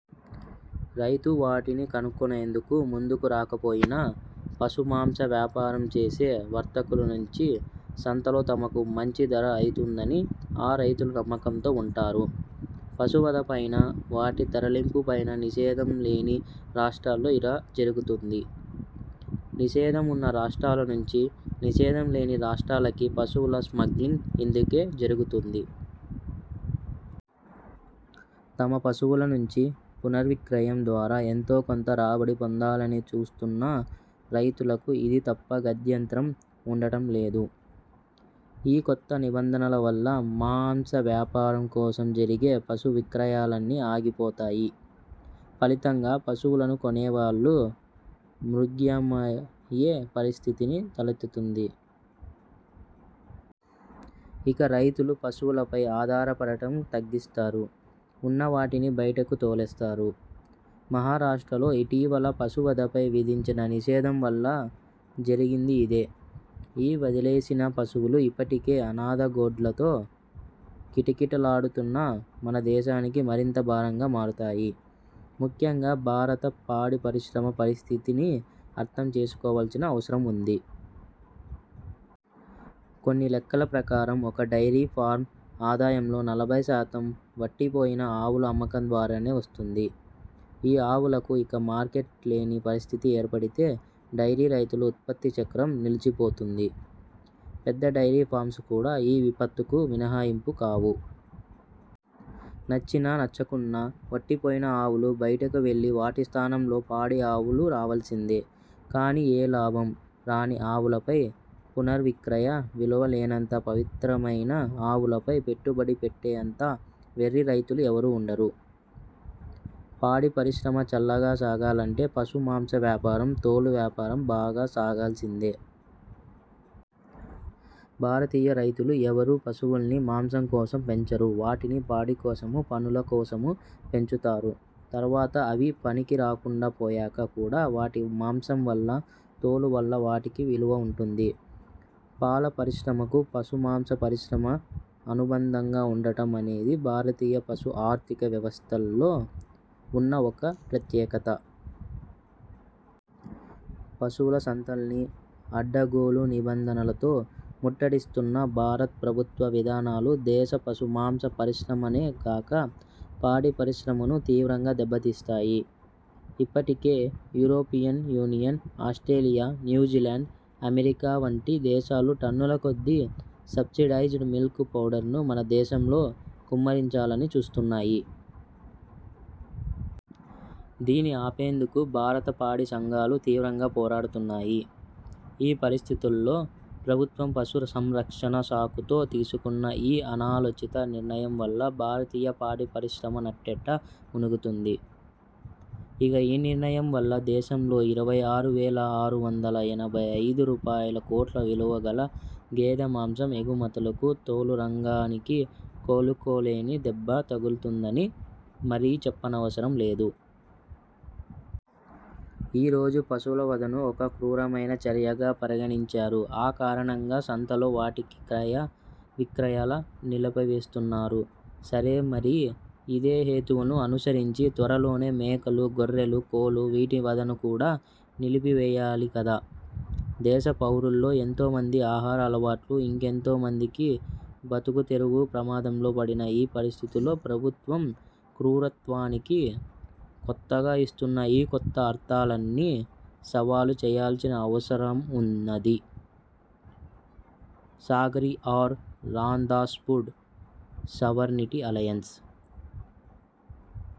రైతూ వాటిని కొనుక్కొనేందుకు ముందుకు రాకపోయినా, పశు మాంస వ్యాపారం చేసే వర్తకుల నుంచి సంతలో తమకు మంచి ధర అయితుందని ఆ రైతులు నమ్మకంతో ఉంటారు. పశువధపైనా, వాటి తరలింపుపైనా నిషేధం లేని రాష్ట్రాల్లో ఇలా జరుగుతోంది. నిషేధం ఉన్న రాష్ట్రాల నుంచి నిషేధం లేని రాష్ట్రాలకి పశువుల 'స్మగ్లింగ్' ఇందుకే జరుగుతోంది. తమ పశువుల నుంచి పునర్విక్రయం ద్వారా ఎంతో కొంత రాబడి పొందాలని చూస్తున్న రైతులకు ఇది తప్ప గత్యంతరం ఉండటం లేదు. ఈ కొత్త నిబంధనల వల్ల మాంస వ్యాపారం కోసం జరిగే పశు విక్రయాలన్నీ ఆగిపోతాయి. ఫలితంగా పశువులను కొనేవాళ్ళు మృగ్యమయ్యే పరిస్థితి తలెత్తుతుంది. ఇక రైతులు పశువులపై ఆధారపడటం తగ్గిస్తారు. ఉన్నవాటిని బయటకు తోలేస్తారు. మహారాష్ట్రలో ఇటీవల పశువధపై విధించిన నిషేధం వల్ల జరిగింది ఇదే. ఈ వదిలేసిన పశువులు ఇప్పటికే అనాథ గొడ్లతో కిటకిటలాడుతున్న మన దేశానికి మరింత భారంగా మారతాయి. ముఖ్యంగా భారత పాడి పరిశ్రమ పరిస్థితిని అర్థం చేసుకోవాల్సిన అవసరం ఉంది. కొన్ని లెక్కల ప్రకారం ఒక డైరీ ఫార్మ్ ఆదాయంలో నలభై శాతం వట్టిపోయిన ఆవుల అమ్మకం ద్వారానే వస్తుంది. ఈ ఆవులకు ఇక మార్కెట్ లేని పరిస్థితి ఏర్పడితే, డైరీ రైతుల ఉత్పత్తి చక్రం నిలచిపోతుంది. పెద్ద డైరీ ఫార్మ్స్ కూడా ఈ విపత్తుకు మినహాయింపు కావు. నచ్చినా నచ్చకున్నా, వట్టిపోయిన ఆవులు బయటకువెళ్ళి వాటి స్థానంలో పాడి ఆవులు రావాల్సిందే. కానీ ఏ లాభం రాని ఆవులపై పునర్విక్రయ విలువ లేనంత పవిత్రమైన ఆవులపై పెట్టుబడి పెట్టేంత వెర్రి రైతులు ఎవరూ ఉండరు. పాడి పరిశ్రమ చల్లగా సాగాలంటే, పశు మాంస వ్యాపారం, తోలు వ్యాపారం బాగా సాగాల్సిందే. భారతీయ రైతులు ఎవరూ పశువుల్ని మాంసం కోసం పెంచరు వాటిని పాడి కోసమూ, పనుల కోసమూ పెంచుతారు. తర్వాత అవి పనికిరాకుండా పోయాక కూడా వాటి మాంసం వల్ల, తోలు వల్లా వాటికి విలువ ఉంటుంది. పాల పరిశ్రమకు పశు మాంస పరిశ్రమ అనుబంధంగా ఉండటం అనేది భారతీయ పశు ఆర్థిక వ్యవస్థలో ఉన్న ఒక ప్రత్యేకత. పశువుల సంతల్ని అడ్డగోలు నిబంధనలతో ముట్టడిస్తున్న భారత ప్రభుత్వ విధానాలు దేశ పశు మాంస పరిశ్రమనే గాక, పాడి పరిశ్రమనూ తీవ్రంగా దెబ్బతీస్తాయి. ఇప్పటికే European Union, Australia, New Zealand, America వంటి దేశాలు టన్నుల కొద్దీ సబ్సిడైజ్డ్ మిల్క్ పౌడర్ను మన దేశంలో కుమ్మరించాలని చుస్తున్నాయి. దీన్ని ఆపేందుకు భారత పాడి సంఘాలు తీవ్రంగా పోరాడుతున్నాయి. ఈ పరిస్థితుల్లో ప్రభుత్వం పశు సంరక్షణ సాకుతో తీసుకున్న ఈ అనాలోచిత నిర్ణయం వల్ల భారతీయ పాడి పరిశ్రమ నట్టేట మునుగుతుంది. ఇక ఈ నిర్ణయం వల్ల దేశంలో ఇరవై ఆరు వేల ఆరు వందల ఎనభై ఐదు రూపాయలుకోట్ల విలువ గల గేదె మాంసం ఎగుమతులకూ, తోలు రంగానికీ కోలుకోలేని దెబ్బ తగులుతుందని మరి చెప్పనవసరం లేదు. ఈ రోజు పశువుల వధను ఒక క్రూరమైన చర్యగా పరిగణించారు, ఆ కారణంగా సంతల్లో వాటి క్రయ విక్రయాలు నిలిపివేస్తున్నారు సరే మరి ఇదే హేతువును అనుసరించి త్వరలోనే మేకలు, గొర్రెలు, కోళ్ళూ వీటి వధను కూడా నిలిపివేయాలి కదా. దేశ పౌరుల్లో ఎంతో మంది ఆహార అలవాట్లూ, ఇంకెంతో మంది బతుకుతెరువూ ప్రమాదంలో పడిన ఈ పరిస్థితిలో ప్రభుత్వం ''క్రూరత్వా''నికి కొత్తగా ఇస్తున్న ఈ కొత్త అర్థాల్ని సవాలు చేయాల్సిన అవసరం ఉన్నది. Sagari R. Ramdas food sovereignty alliance